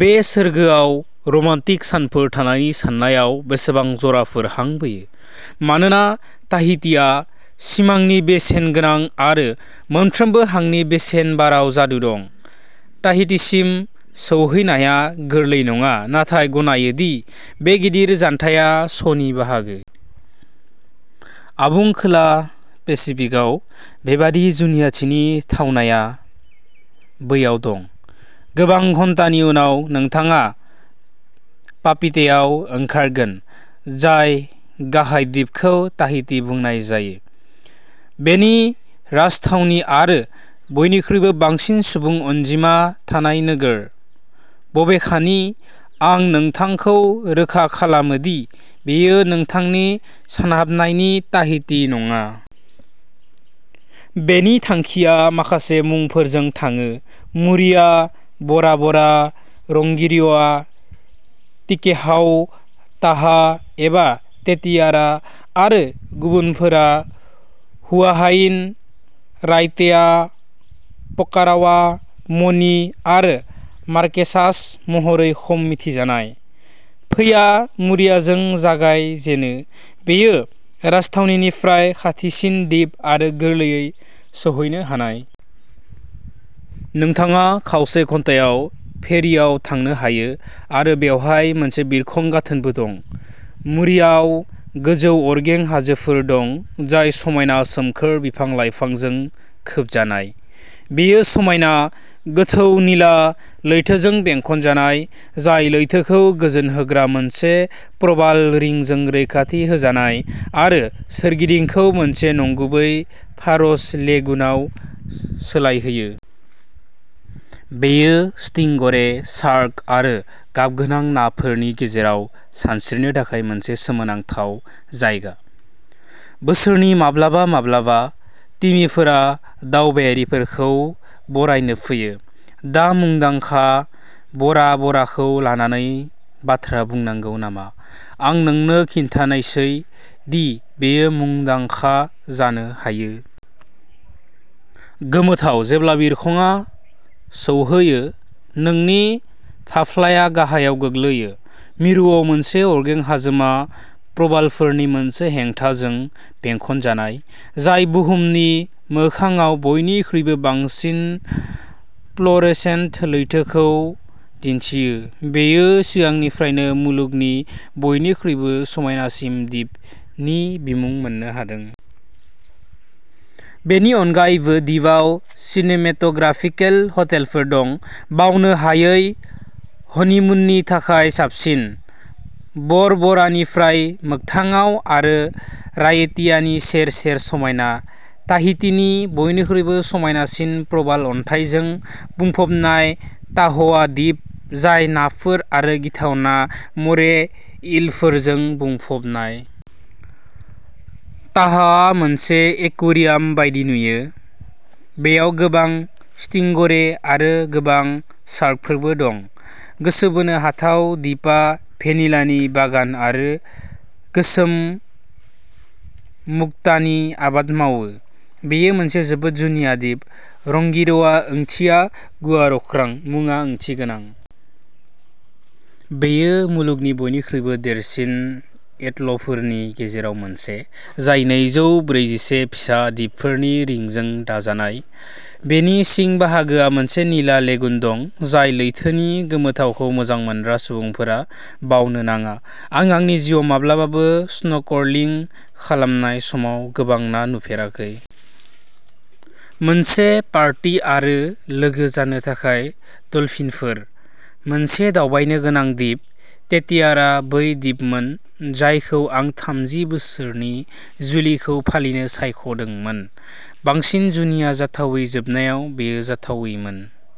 बे सोरगोआव रमान्टिक सानफोर थानायनि साननायाव बेसेबां जराफोरा हां बोयो? मानोना ताहितिआ सिमांनि बेसेनगोनां आरो मोनफ्रोमबो हांनि बेसेन बाराव जादु दं। ताहितिसिम सौहैनाया गोरलै नङा नाथाय गनायो दि बे गिदिर जानथाया श'नि बाहागो। आबुं खोला पेसिफिकआव बेबादि जुनियाथिनि थावनाया बैयाव दं। गोबां घन्टानि उनाव नोंथाङा पापीटेआव ओंखारगोन, जाय गाहाय दिपखौ ताहिति बुंनाय जायो बेनि राजथावनि आरो बयनिख्रुइबो बांसिन सुबुं अनजिमा थानाय नोगोर। बबेखानि, आं नोंथांखौ रोखा खालामो दि बेयो नोंथांनि सानहाबनायनि "ताहिति" नङा। बेनि थांखिया माखासे मुंफोरजों थाङो। मुरिया, बरा बरा, रंगिर'आ, टिकेहाउ, ताहा एबा तेतियार'आ आरो गुबुनफोरा हुआहाइन, रायतेया, फकारावा, मनि आरो मार्केसास महरै खम मिथिजानाय। फैया मुरियाजों जागाय जेनो। बेयो राजथावनिनिफ्राय खाथिसिन दिप आरो गोरलैयै सौहैनो हानाय। नोंथाङा खावसे घन्टायाव फेरिआव थांनो हायो आरो बेवहाय मोनसे बिरखं गाथोनबो दं। मुरियाआव गोजौ अरगें हाजोफोर दं, जाय समायना सोमखोर बिफां-लाइफांजों खोबजानाय। बेयो समायना, गोथौ निला लैथोजों बेंखनजानाय, जाय लैथोखौ गोजोन होग्रा मोनसे प्रबाल रिंजों रैखाथि होजानाय आरो सोरगिदिंखौ मोनसे नंगुबै फारज लेगुनआव सोलायहोयो। बेयो स्टिंगरे, शार्क आरो गाबगोनां नाफोरनि गेजेराव सानस्रिनो थाखाय मोनसे सोमोनांथाव जायगा। बोसोरनि माब्लाबा माब्लाबा, तिमिफोरा दावबायारिफोरखौ बरायनो फैयो। दा मुंदांखा बरा बराखौ लानानै बाथ्रा बुंनांगौ नामा? आं नोंनो खिन्थानायसै दि बेयो मुंदांखा जानो हायो। गोमोथाव जेब्ला बिरखंआ सौहैयो, नोंनि फाफ्लाया गाहायाव गोग्लैयो। मिरुआव मोनसे अरगें हाजोमा प्रबालफोरनि मोनसे हेंथाजों बेंखनजानाय जाय बुहुमनि मोखांआव बयनिख्रुइबो बांसिन फ्ल'रसेन्ट लैथोखौ दिन्थियो। बेयो सिगांनिफ्रायनो "मुलुगनि बयनिख्रुइबो समायनासिन दिप" नि बिमुं मोननो हादों। बेनि अनगायैबो दिपआव सिनेमेट'ग्राफिकेल हटेलफोर दं। बावनो हायै हनिमुननि थाखाय साबसिन। बर बरानिफ्राय मोगथाङाव आरो रायेटियानि सेर-सेर समायना। ताहितिनि बयनिख्रुइबो समायनासिन प्रबाल अन्थाइजों बुंफबनाय ताह'आ दिप, जाय नाफोर आरो गिथावना मरे ईलफोरजों बुंफबनाय। ताह'आ मोनसे एकुयेरियाम बायदि नुयो। बेयाव गोबां स्टिंगरे आरो गोबां शार्कफोरबो दं। गोसो बोनो हाथाव दिपा भेनिलानि बागान आरो गोसोम मुक्तानि आबाद मावो। बेयो मोनसे जोबोद जुनिया दिप। रंगिर'आ ओंथिया "गुवार अख्रां"। मुङा ओंथिगोनां। बेयो मुलुगनि बयनिख्रुइबो देरसिन एट'लफोरनि गेजेराव मोनसे, जाय नैजौ ब्रैजिसे फिसा दिपफोरनि रिंजों दाजानाय। बेनि सिं बाहागोआ मोनसे निला लेगुन दं, जाय लैथोनि गोमोथावखौ मोजां मोनग्रा सुबुंफोरा बावनो नाङा। आं आंनि जिउआव माब्लाबाबो स्नर्कलिं खालामनाय समाव गोबां ना नुफेराखै। मोनसे पार्टी आरो लोगो जानो थाखाय डलफिनफोर। मोनसे दावबायनो गोनां दिप। तेतियार'आ बै दिपमोन जायखौ आं थामजि बोसोरनि जुलिखौ फालिनो सायख'दोंमोन। बांसिन जुनिया जाथावै, जोबनायाव, बेयो जाथावैमोन।